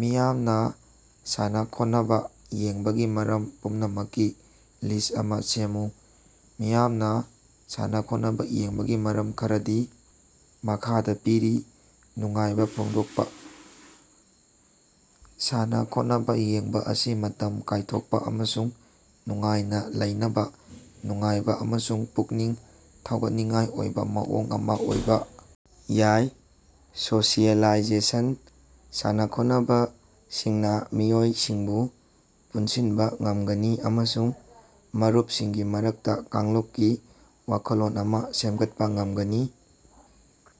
ꯃꯤꯌꯥꯝꯅ ꯁꯥꯟꯅꯈꯣꯠꯅꯕ ꯌꯦꯡꯕꯒꯤ ꯃꯔꯝ ꯄꯨꯝꯅꯃꯛꯀꯤ ꯂꯤꯁꯠ ꯑꯃ ꯁꯦꯝꯃꯨ꯫ ꯃꯤꯌꯥꯝꯅ ꯁꯥꯟꯅꯈꯣꯠꯅꯕ ꯌꯦꯡꯕꯒꯤ ꯃꯔꯝ ꯈꯔꯗꯤ ꯃꯈꯥꯗ ꯄꯤꯔꯤ:- ꯅꯨꯡꯉꯥꯏꯕ ꯐꯣꯡꯗꯣꯛꯄ: ꯁꯥꯟꯅꯈꯣꯠꯅꯕ ꯌꯦꯡꯕ ꯑꯁꯤ ꯃꯇꯝ ꯀꯥꯏꯊꯣꯛꯄ ꯑꯃꯁꯨꯡ ꯅꯨꯡꯉꯥꯏꯅ ꯂꯩꯅꯕ ꯅꯨꯡꯉꯥꯏꯕ ꯑꯃꯁꯨꯡ ꯄꯨꯛꯅꯤꯡ ꯊꯧꯒꯠꯅꯤꯡꯉꯥꯏ ꯑꯣꯏꯕ ꯃꯑꯣꯡ ꯑꯃ ꯑꯣꯏꯕ ꯌꯥꯏ꯫ ꯁꯣꯁꯤꯑꯦꯂꯥꯏꯖꯦꯁꯟ: ꯁꯥꯟꯅꯈꯣꯠꯅꯕꯁꯤꯡꯅ ꯃꯤꯑꯣꯏꯁꯤꯡꯕꯨ ꯄꯨꯟꯁꯤꯟꯕ ꯉꯝꯒꯅꯤ ꯑꯃꯁꯨꯡ ꯃꯔꯨꯞꯁꯤꯡꯒꯤ ꯃꯔꯛꯇ ꯀꯥꯡꯂꯨꯞꯀꯤ ꯋꯥꯈꯜꯂꯣꯟ ꯑꯃ ꯁꯦꯝꯒꯠꯄ ꯉꯝꯒꯅꯤ꯫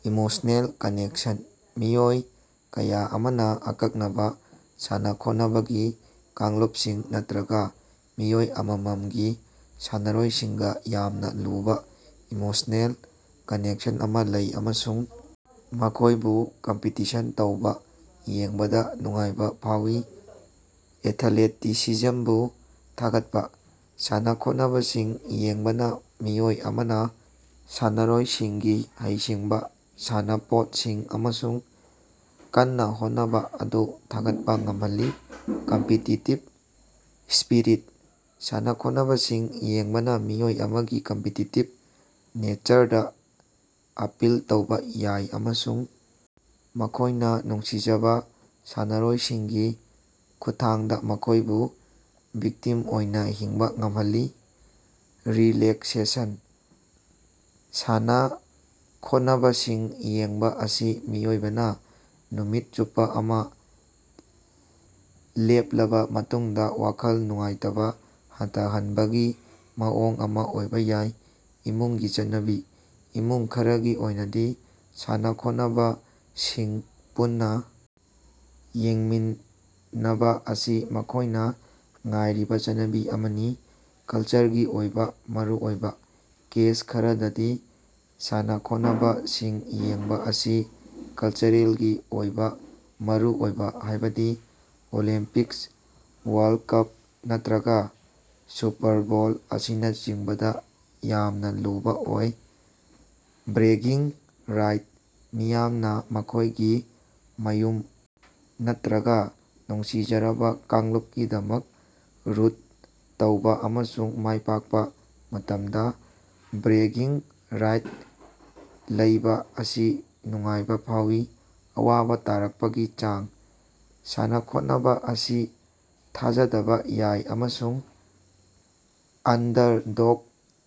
ꯏꯃꯣꯁ꯭ꯅꯦꯜ ꯀꯅꯦꯛꯁꯟ: ꯃꯤꯑꯣꯏ ꯀꯌꯥ ꯑꯃꯅ ꯑꯀꯛꯅꯕ ꯁꯥꯟꯅꯈꯣꯠꯅꯕꯒꯤ ꯀꯥꯡꯂꯨꯞꯁꯤꯡ ꯅꯠꯇ꯭ꯔꯒ ꯃꯤꯑꯣꯏ ꯑꯃꯃꯝꯒꯤ ꯁꯥꯟꯅꯔꯣꯏꯁꯤꯡꯒ ꯌꯥꯝꯅ ꯂꯨꯕ ꯏꯃꯣꯁ꯭ꯅꯦꯜ ꯀꯅꯦꯛꯁꯟ ꯑꯃ ꯂꯩ ꯑꯃꯁꯨꯡ ꯃꯈꯣꯏꯕꯨ ꯀꯝꯄꯤꯇꯤꯁꯟ ꯇꯧꯕ ꯌꯦꯡꯕꯗ ꯅꯨꯡꯉꯥꯏꯕ ꯐꯥꯎꯋꯤ꯫ ꯑꯦꯊ꯭ꯂꯦꯇꯤꯁꯤꯖꯝꯕꯨ ꯊꯥꯒꯠꯄ: ꯁꯥꯟꯅꯈꯣꯠꯅꯕꯁꯤꯡ ꯌꯦꯡꯕꯅ ꯃꯤꯑꯣꯏ ꯑꯃꯅ ꯁꯥꯟꯅꯔꯣꯏꯁꯤꯡꯒꯤ ꯍꯩꯁꯤꯡꯕ, ꯁꯥꯟꯅꯄꯣꯠꯁꯤꯡ ꯑꯃꯁꯨꯡ ꯀꯟꯅ ꯍꯣꯠꯅꯕ ꯑꯗꯨ ꯊꯥꯒꯠꯄ ꯉꯝꯍꯜꯂꯤ꯫ ꯀꯝꯄꯤꯇꯤꯇꯤꯚ ꯁ꯭ꯄꯤꯔꯤꯠ: ꯁꯥꯟꯅꯈꯣꯠꯅꯕꯁꯤꯡ ꯌꯦꯡꯕꯅ ꯃꯤꯑꯣꯏ ꯑꯃꯒꯤ ꯀꯝꯄꯤꯇꯤꯇꯤꯚ ꯅꯦꯆꯔꯗ ꯑꯄꯤꯜ ꯇꯧꯕ ꯌꯥꯏ ꯑꯃꯁꯨꯡ ꯃꯈꯣꯏꯅ ꯅꯨꯡꯁꯤꯖꯕ ꯁꯥꯟꯅꯔꯣꯏꯁꯤꯡꯒꯤ ꯈꯨꯠꯊꯥꯡꯗ ꯃꯈꯣꯏꯕꯨ ꯚꯤꯛꯇꯤꯝ ꯑꯣꯏꯅ ꯍꯤꯡꯕ ꯉꯝꯍꯜꯂꯤ꯫ ꯔꯤꯂꯦꯛꯁꯦꯁꯟ: ꯁꯥꯟꯅ ꯈꯣꯠꯅꯕꯁꯤꯡ ꯌꯦꯡꯕ ꯑꯁꯤ ꯃꯤꯑꯣꯏꯕꯅ ꯅꯨꯃꯤꯠ ꯆꯨꯞꯄ ꯑꯃ ꯂꯦꯞꯂꯕ ꯃꯇꯨꯡꯗ ꯋꯥꯈꯜ ꯅꯨꯡꯉꯥꯏꯇꯕ ꯍꯟꯊꯍꯟꯕꯒꯤ ꯃꯑꯣꯡ ꯑꯃ ꯑꯣꯏꯕ ꯌꯥꯏ꯫ ꯏꯃꯨꯡꯒꯤ ꯆꯠꯅꯕꯤ: ꯏꯃꯨꯡ ꯈꯔꯒꯤ ꯑꯣꯏꯅꯗꯤ ꯁꯥꯟꯅꯈꯣꯠꯅꯕꯁꯤꯡ ꯄꯨꯟꯅ ꯌꯦꯡꯃꯤꯟꯅꯕ ꯑꯁꯤ ꯃꯈꯣꯏꯅ ꯉꯥꯏꯔꯤꯕ ꯆꯠꯅꯕꯤ ꯑꯃꯅꯤ꯫ ꯀꯜꯆꯔꯒꯤ ꯑꯣꯏꯕ ꯃꯔꯨꯑꯣꯏꯕ: ꯀꯦꯁ ꯈꯔꯗꯗꯤ ꯁꯥꯟꯅꯈꯣꯠꯅꯕꯁꯤꯡ ꯌꯦꯡꯕ ꯑꯁꯤ ꯀꯜꯆꯔꯦꯜꯒꯤ ꯑꯣꯏꯕ ꯃꯔꯨꯑꯣꯏꯕ, ꯍꯥꯏꯕꯗꯤ ꯑꯣꯂꯦꯝꯄꯤꯛꯁ, ꯋꯥꯔꯜꯗ ꯀꯞ, ꯅꯠꯇ꯭ꯔꯒ ꯁꯨꯄꯔ ꯕꯣꯜ ꯑꯁꯤꯅꯆꯤꯡꯕꯗ ꯌꯥꯝꯅ ꯂꯨꯕ ꯑꯣꯏ꯫ ꯕ꯭ꯔꯦꯒꯤꯡ ꯔꯥꯏꯠꯁ: ꯃꯤꯌꯥꯝꯅ ꯃꯈꯣꯏꯒꯤ ꯃꯌꯨꯝ ꯅꯠꯇ꯭ꯔꯒ ꯅꯨꯡꯁꯤꯖꯔꯕ ꯀꯥꯡꯂꯨꯞꯀꯤꯗꯃꯛ ꯔꯨꯠ ꯇꯧꯕ ꯑꯃꯁꯨꯡ ꯃꯥꯏꯄꯥꯛꯄ ꯃꯇꯝꯗ ꯕ꯭ꯔꯦꯒꯤꯡ ꯔꯥꯏꯠ ꯂꯩꯕ ꯑꯁꯤ ꯅꯨꯡꯉꯥꯏꯕ ꯐꯥꯎꯏ꯫ ꯑꯋꯥꯕ ꯇꯥꯔꯛꯄꯒꯤ ꯆꯥꯡ: ꯁꯥꯟꯅꯈꯣꯠꯅꯕ ꯑꯁꯤ ꯊꯥꯖꯗꯕ ꯌꯥꯏ ꯑꯃꯁꯨꯡ ꯑꯟꯗꯔꯗꯣꯒ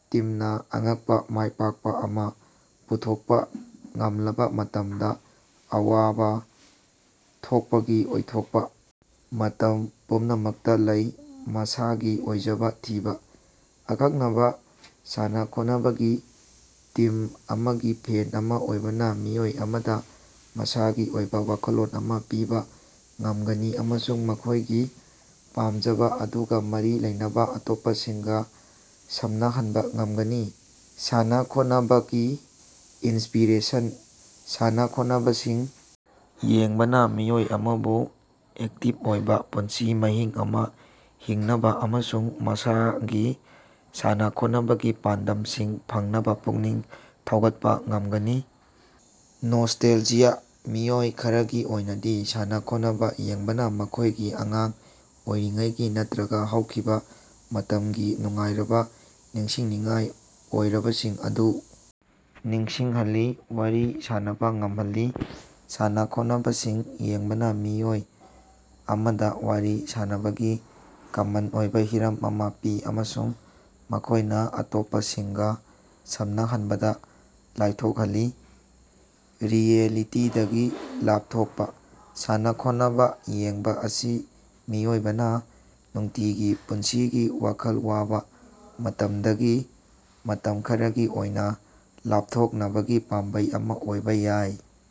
ꯇꯤꯝꯅ ꯑꯉꯛꯄ ꯃꯥꯏꯄꯥꯛꯄ ꯑꯃ ꯄꯨꯊꯣꯛꯄ ꯉꯝꯂꯕ ꯃꯇꯝꯗ ꯑꯋꯥꯕ ꯊꯣꯛꯄꯒꯤ ꯑꯣꯏꯊꯣꯛꯄ ꯃꯇꯝ ꯄꯨꯝꯅꯃꯛꯇ ꯂꯩ꯫ ꯃꯁꯥꯒꯤ ꯑꯣꯏꯖꯕ ꯊꯤꯕ: ꯑꯀꯛꯅꯕ ꯁꯥꯟꯅꯈꯣꯠꯅꯕꯒꯤ ꯇꯤꯝ ꯑꯃꯒꯤ ꯐꯦꯟ ꯑꯃ ꯑꯣꯏꯕꯅ ꯃꯤꯑꯣꯏ ꯑꯃꯗ ꯃꯁꯥꯒꯤ ꯑꯣꯏꯕ ꯋꯥꯈꯜꯂꯣꯟ ꯑꯃ ꯄꯤꯕ ꯉꯝꯒꯅꯤ ꯑꯃꯁꯨꯡ ꯃꯈꯣꯏꯒꯤ ꯄꯥꯝꯖꯕ ꯑꯗꯨꯒ ꯃꯔꯤ ꯂꯩꯅꯕ ꯑꯇꯣꯞꯄꯁꯤꯡꯒ ꯁꯝꯅꯍꯟꯕ ꯉꯝꯒꯅꯤ꯫ ꯁꯥꯟꯅꯈꯣꯠꯅꯕꯀꯤ ꯏꯟꯁꯄꯤꯔꯦꯁꯟ: ꯁꯥꯟꯅꯈꯣꯠꯅꯕꯁꯤꯡ ꯌꯦꯡꯕꯅ ꯃꯤꯑꯣꯏ ꯑꯃꯕꯨ ꯑꯦꯛꯇꯤꯚ ꯑꯣꯏꯕ ꯄꯨꯟꯁꯤ ꯃꯍꯤꯡ ꯑꯃ ꯍꯤꯡꯅꯕ ꯑꯃꯁꯨꯡ ꯃꯁꯥꯒꯤ ꯁꯥꯟꯅꯈꯣꯠꯅꯕꯒꯤ ꯄꯥꯟꯗꯝꯁꯤꯡ ꯐꯪꯅꯕ ꯄꯨꯛꯅꯤꯡ ꯊꯧꯒꯠꯄ ꯉꯝꯒꯅꯤ꯫ ꯅꯣꯁ꯭ꯇꯦꯜꯖꯤꯌꯥ: ꯃꯤꯑꯣꯏ ꯈꯔꯒꯤ ꯑꯣꯏꯅꯗꯤ ꯁꯥꯟꯅ-ꯈꯣꯠꯅꯕ ꯌꯦꯡꯕꯅ ꯃꯈꯣꯏꯒꯤ ꯑꯉꯥꯡ ꯑꯣꯏꯔꯤꯉꯩꯒꯤ ꯅꯠꯇ꯭ꯔꯒ ꯍꯧꯈꯤꯕ ꯃꯇꯝꯒꯤ ꯅꯨꯡꯉꯥꯏꯔꯕ ꯅꯤꯡꯁꯤꯡꯅꯤꯡꯉꯥꯏ ꯑꯣꯏꯕꯁꯤꯡ ꯑꯗꯨ ꯅꯤꯡꯁꯤꯡꯍꯜꯂꯤ꯫ ꯋꯥꯔꯤ ꯁꯥꯟꯅꯕ ꯉꯝꯍꯜꯂꯤ: ꯁꯥꯟꯅꯈꯣꯠꯅꯕꯁꯤꯡ ꯌꯦꯡꯕꯅ ꯃꯤꯑꯣꯏ ꯑꯃꯗ ꯋꯥꯔꯤ ꯁꯥꯟꯅꯕꯒꯤ ꯀꯃꯟ ꯑꯣꯏꯕ ꯍꯤꯔꯝ ꯑꯃ ꯄꯤ ꯑꯃꯁꯨꯡ ꯃꯈꯣꯏꯅ ꯑꯇꯣꯞꯄꯁꯤꯡꯒ ꯁꯝꯅꯍꯟꯕꯗ ꯂꯥꯏꯊꯣꯛꯍꯜꯂꯤ꯫ ꯔꯤꯑꯦꯂꯤꯇꯤꯗꯒꯤ ꯂꯥꯞꯊꯣꯛꯄ: ꯁꯥꯟꯅ-ꯈꯣꯠꯅꯕ ꯌꯦꯡꯕ ꯑꯁꯤ ꯃꯤꯑꯣꯏꯕꯅ ꯅꯨꯡꯇꯤꯒꯤ ꯄꯨꯟꯁꯤꯒꯤ ꯋꯥꯈꯜ ꯋꯥꯕ ꯃꯇꯝꯗꯒꯤ ꯃꯇꯝ ꯈꯔꯒꯤ ꯑꯣꯏꯅ ꯂꯥꯞꯊꯣꯛꯅꯕꯒꯤ ꯄꯥꯝꯕꯩ ꯑꯃ ꯑꯣꯏꯕ ꯌꯥꯏ꯫